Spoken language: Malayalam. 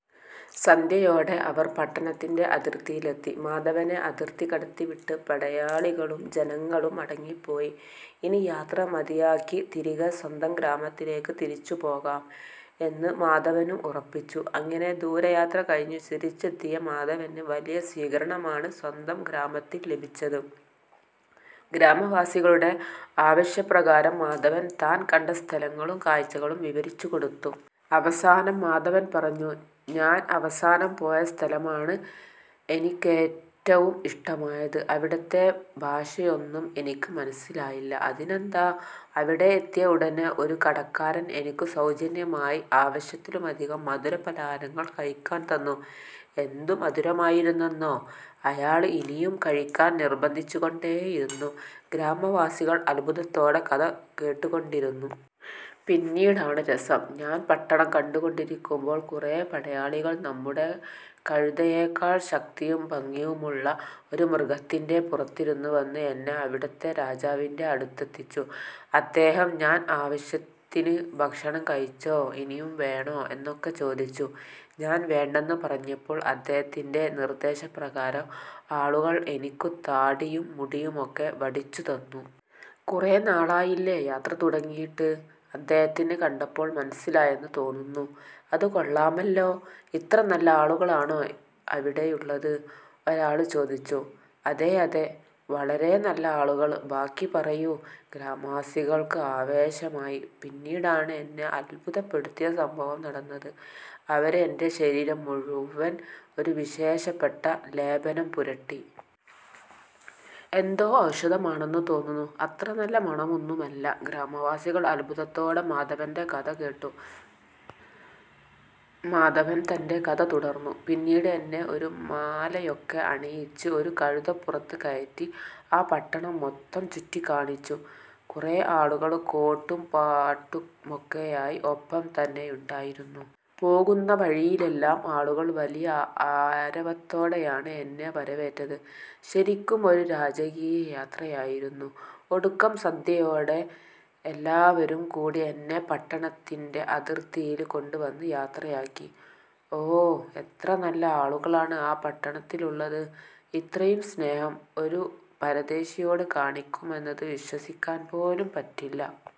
സന്ധ്യയോടെ അവര് പട്ടണത്തിന്റെ അതിര്ത്തിയിലെത്തി. മാധവനെ അതിര്ത്തി കടത്തി വിട്ട് പടയാളികളും ജനങളും മടങ്ങിപ്പോയി. ഇനി യാത്ര മതിയാക്കി തിരികെ സ്വന്തം ഗ്രാമത്തിലേയ്ക്ക് തിരിച്ചു പോകാം എന്ന് മാധവനും ഉറപ്പിച്ചു. അങ്ങിനെ ദൂരയാത്ര കഴിഞ്ഞു തിരിച്ചെത്തിയ മാധവന് വലിയ സ്വീകരണമാണ് സ്വന്തം ഗ്രാമത്തില് ലഭിച്ചത്. ഗ്രാമവാസികളുടെ ആവശ്യപ്രകാരം മാധവന് താന് കണ്ട സ്ഥലങ്ങളും കാഴ്ചകളും വിവരിച്ചു കൊടുത്തു. അവസാനം മാധവന് പറഞ്ഞു. "ഞാന് അവസാനം പോയ സ്ഥലമാണ് എനിക്കേറ്റവും ഇഷ്ടമായത്. അവിടത്തെ ഭാഷയോന്നും എനിക്ക് മനസ്സിലായില്ല. അതിനെന്താ? അവിടെ എത്തിയ ഉടനെ ഒരു കടക്കാരന് എനിക്കു സൌജന്യമായി ആവശ്യത്തിലധികം മധുര പലഹാരങ്ങള് കഴിക്കാന് തന്നു. എന്ത് മധുരമായിരുന്നെന്നോ? അയാള് ഇനിയും കഴിക്കാന് നിര്ബന്ധിച്ചുകൊണ്ടേയിരുന്നു. " ഗ്രാമവാസികള് അത്ഭുതത്തോടെ കഥ കേട്ടുകൊണ്ടിരുന്നു. "പിന്നീടാണ് രസം. ഞാന് പട്ടണം കണ്ടുകൊണ്ടിരിക്കുമ്പോള് കുറെ പടയാളികള് നമ്മുടെ കഴുതയേക്കാള് ശക്തിയും ഭംഗിയുമുള്ള ഒരു മൃഗത്തിന്റെ പുറത്തിരുന്ന് വന്ന് എന്നെ അവിടത്തെ രാജാവിന്റെ അടുത്തെത്തിച്ചു. അദ്ദേഹം ഞാന് ആവശ്യത്തിന് ഭക്ഷണം കഴിച്ചോ, ഇനിയും വേണോ എന്നൊക്കെ ചോദിച്ചു. ഞാന് വേണ്ടെന്ന് പറഞ്ഞപ്പോള് അദ്ദേഹത്തിന്റെ നിര്ദ്ദേശ പ്രകാരം ആളുകള് എനിക്കു താടിയും മുടിയുമൊക്കെ വടിച്ചു തന്നു. കുറെ നാളായില്ലേ, യാത്ര തുടങ്ങിയിട്ട്. അദ്ദേഹത്തിന് കണ്ടപ്പോള് മനസ്സിലായെന്ന് തോന്നുന്നു" "അത് കൊള്ളാമല്ലോ! ഇത്ര നല്ല ആളുകളാണോ അവിടെയുള്ളത്" ഒരാള് ചോദിച്ചു. "അതെയതെ! വളരെ നല്ല ആളുകള്. ബാക്കി പറയൂ" ഗ്രാമവാസികള്ക്ക് ആവേശമായി "പിന്നീടാണ് എന്നെ അത്ഭുതപ്പെടുത്തിയ സംഭവം നടന്നത്. അവര് എന്റെ ശരീരം മുഴുവന് ഒരു വിശേഷപ്പെട്ട ലേപനം പുരട്ടി. എന്തോ ഔഷധം ആണെന്ന് തോന്നുന്നു. അത്ര നല്ല മണമൊന്നുമല്ല. " ഗ്രാമവാസികള് അത്ഭുതത്തോടെ മാധവന്റെ കഥ കേട്ടു. മാധവന് തന്റെ കഥ തുടര്ന്നു. "പിന്നീട് എന്നെ ഒരു മാലയൊക്കെ അണിയിച്ച് ഒരു കഴുതപ്പുറത്ത് കയറ്റി ആ പട്ടണം മൊത്തം ചുറ്റിക്കാണിച്ചു. കുറെ ആളുകള് കോട്ടും പാട്ടുമൊക്കെയായി ഒപ്പം തന്നെയുണ്ടായിരുന്നു. പോകുന്ന വഴിയിലെല്ലാം ആളുകള് വലിയ ആരവത്തോടെയാണ് എന്നെ വരവേറ്റത്. ശരിക്കും ഒരു രാജകീയ യാത്രയായിരുന്നു! ഒടുക്കം സന്ധ്യയോടെ എല്ലാവരും കൂടി എന്നെ പട്ടണത്തിന്റെ അതിര്ത്തിയില് കൊണ്ട് വന്ന് യാത്രയാക്കി" "ഓ! എത്ര നല്ല ആളുകളാണ് ആ പട്ടണത്തിലുള്ളത്. ഇത്രയും സ്നേഹം ഒരു പരദേശിയോട് കാണിക്കുമെന്നത് വിശ്വസിക്കാന് പോലും പറ്റില്ല.